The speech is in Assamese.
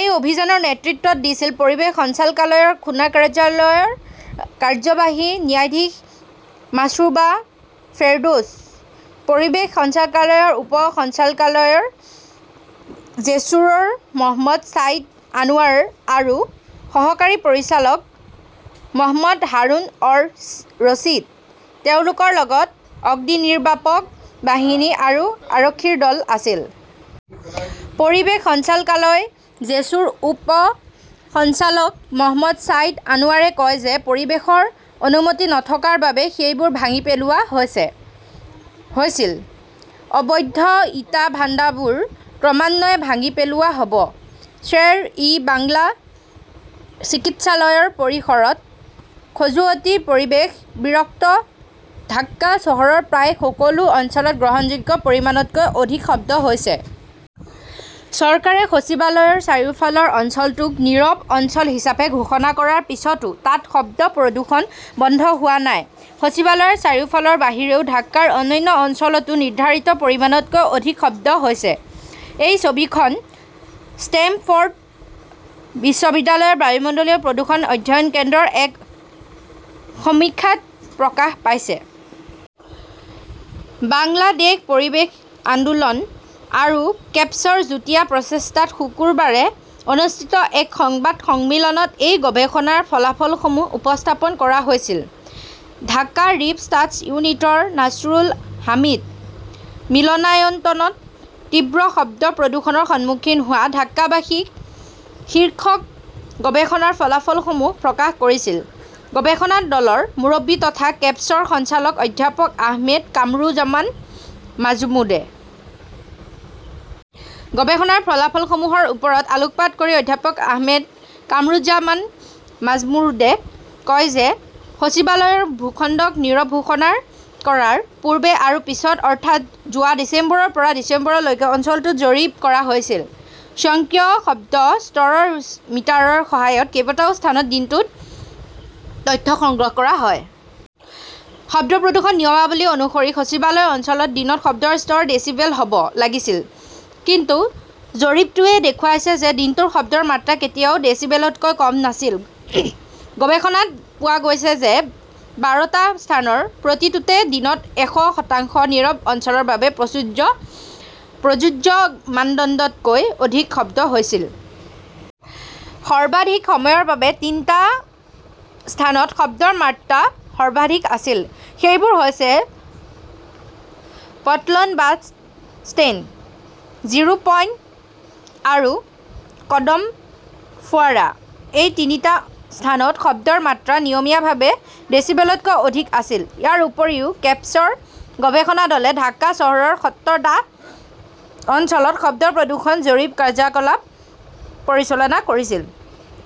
এই অভিযানৰ নেতৃত্ব দিছিল পৰিৱেশ সঞ্চালকালয়ৰ খুনা কাৰ্যালয়ৰ কাৰ্যবাহী ন্যায়াধীশ মাশ্ৰুবা ফেৰদৌছ, পৰিৱেশ সঞ্চালকালয়ৰ উপ সঞ্চালকালয় জেছুৰৰ মহম্মদ ছাইদ আনৱাৰ আৰু সহকাৰী পৰিচালক মহম্মদ হাৰুন-অৰ-ৰছিদ। তেওঁলোকৰ লগত অগ্নিনিৰ্বাপক বাহিনী আৰু আৰক্ষীৰ দল আছিল। পৰিৱেশ সঞ্চালকালয়, জেছুৰৰ উপ সঞ্চালক মহম্মদ ছাইদ আনৱাৰে কয় যে পৰিৱেশৰ অনুমতি নথকাৰ বাবে সেইবোৰ ভাঙি পেলোৱা হৈছে হৈছিল। অবৈধ ইটা ভাণ্ডাৰবোৰ ক্ৰমান্বয়ে ভাঙি পেলোৱা হ'ব। শ্বেৰ-ই-বাংলা চিকিৎসালয়ৰ পৰিসৰত খজুৱতি, পৰিৱেশ বিৰক্ত ঢাকা চহৰৰ প্ৰায় সকলো অঞ্চলত গ্ৰহণযোগ্য পৰিমাণতকৈ অধিক শব্দ হৈছে। চৰকাৰে সচিবালয়ৰ চাৰিওফালৰ অঞ্চলটোক নীৰৱ অঞ্চল হিচাপে ঘোষণা কৰাৰ পিছতো তাত শব্দ প্ৰদূষণ বন্ধ হোৱা নাই। সচিবালয়ৰ চাৰিওফালৰ বাহিৰেও ঢাকাৰ অন্যান্য অঞ্চলতো নিৰ্ধাৰিত পৰিমাণতকৈ অধিক শব্দ হৈছে। এই ছবিখন ষ্টেমফৰ্ড বিশ্ববিদ্যালয়ৰ বায়ুমণ্ডলীয় প্ৰদূষণ অধ্যয়ন কেন্দ্ৰৰ এক সমীক্ষাত প্ৰকাশ পাইছে। বাংলাদেশ পৰিৱেশ আন্দোলন আৰু কেপছৰ যুটীয়া প্ৰচেষ্টাত শুকুৰবাৰে অনুষ্ঠিত এক সংবাদ সন্মিলনত এই গৱেষণাৰ ফলাফলসমূহ উপস্থাপন কৰা হৈছিল। ঢাকা ৰিপ'ৰ্টাৰ্ছ ইউনিটিৰ নাছৰুল হামিদ মিলনায়তনত 'তীব্ৰ শব্দ প্ৰদূষণৰ সন্মুখীন হোৱা ঢাকাবাসী" শীৰ্ষক গৱেষণাৰ ফলাফলসমূহ প্ৰকাশ কৰিছিল গৱেষণা দলৰ মুৰব্বী তথা কেপছৰ সঞ্চালক অধ্যাপক আহমেদ কামৰুজমান মাজমুদ্ৰে। গৱেষণাৰ ফলাফলসমূহৰ ওপৰত আলোকপাত কৰি অধ্যাপক আহমেদ কামৰুজ্জমান মাজমুদ্ৰে কয় যে সচিবালয়ৰ ভূখণ্ডক নীৰৱ ঘোষণা কৰাৰ পূৰ্বে আৰু পিছত, অৰ্থাৎ যোৱা ডিচেম্বৰৰ পৰা ডিচেম্বৰলৈকে অঞ্চলটোত জৰীপ কৰা হৈছিল। স্বয়ংক্ৰিয় শব্দ স্তৰৰ মিটাৰৰ সহায়ত কেইবাটাও স্থানত দিনটোত তথ্য সংগ্ৰহ কৰা হয়। শব্দ প্ৰদূষণ নিয়মাৱলী অনুসৰি সচিবালয় অঞ্চলত দিনত শব্দৰ স্তৰ ডেছিবেল হ 'ব লাগিছিল। কিন্তু জৰীপটোৱে দেখুৱাইছে যে দিনটোৰ শব্দৰ মাত্ৰা কেতিয়াও ডেসিবেলতকৈ কম নাছিল। গৱেষণাত পোৱা গৈছে যে বাৰটা স্থানৰ প্ৰতিটোতে দিনত এশ শতাংশ নীৰৱ অঞ্চলৰ বাবে প্ৰাচুৰ্য প্ৰযোজ্য মানদণ্ড তকৈ অধিক শব্দ হৈছিল। সৰ্বাধিক সময়ৰ বাবে তিনিটা স্থানত শব্দৰ মাত্ৰা সৰ্বাধিক আছিল। সেইবোৰ হৈছে Paltan bus stand, zero point আৰু কদম ফোৱাৰা। এই তিনিটা স্থানত শব্দৰ মাত্ৰা নিয়মীয়াভাৱে ডেসিবেলতকৈ অধিক আছিল। ইয়াৰ উপৰিও, কেপছৰ গৱেষণা দলে ঢাকা চহৰৰ সত্তৰ টা অঞ্চলত শব্দ প্ৰদূষণ জৰীপ কাৰ্যকলাপ পৰিচালনা কৰিছিল।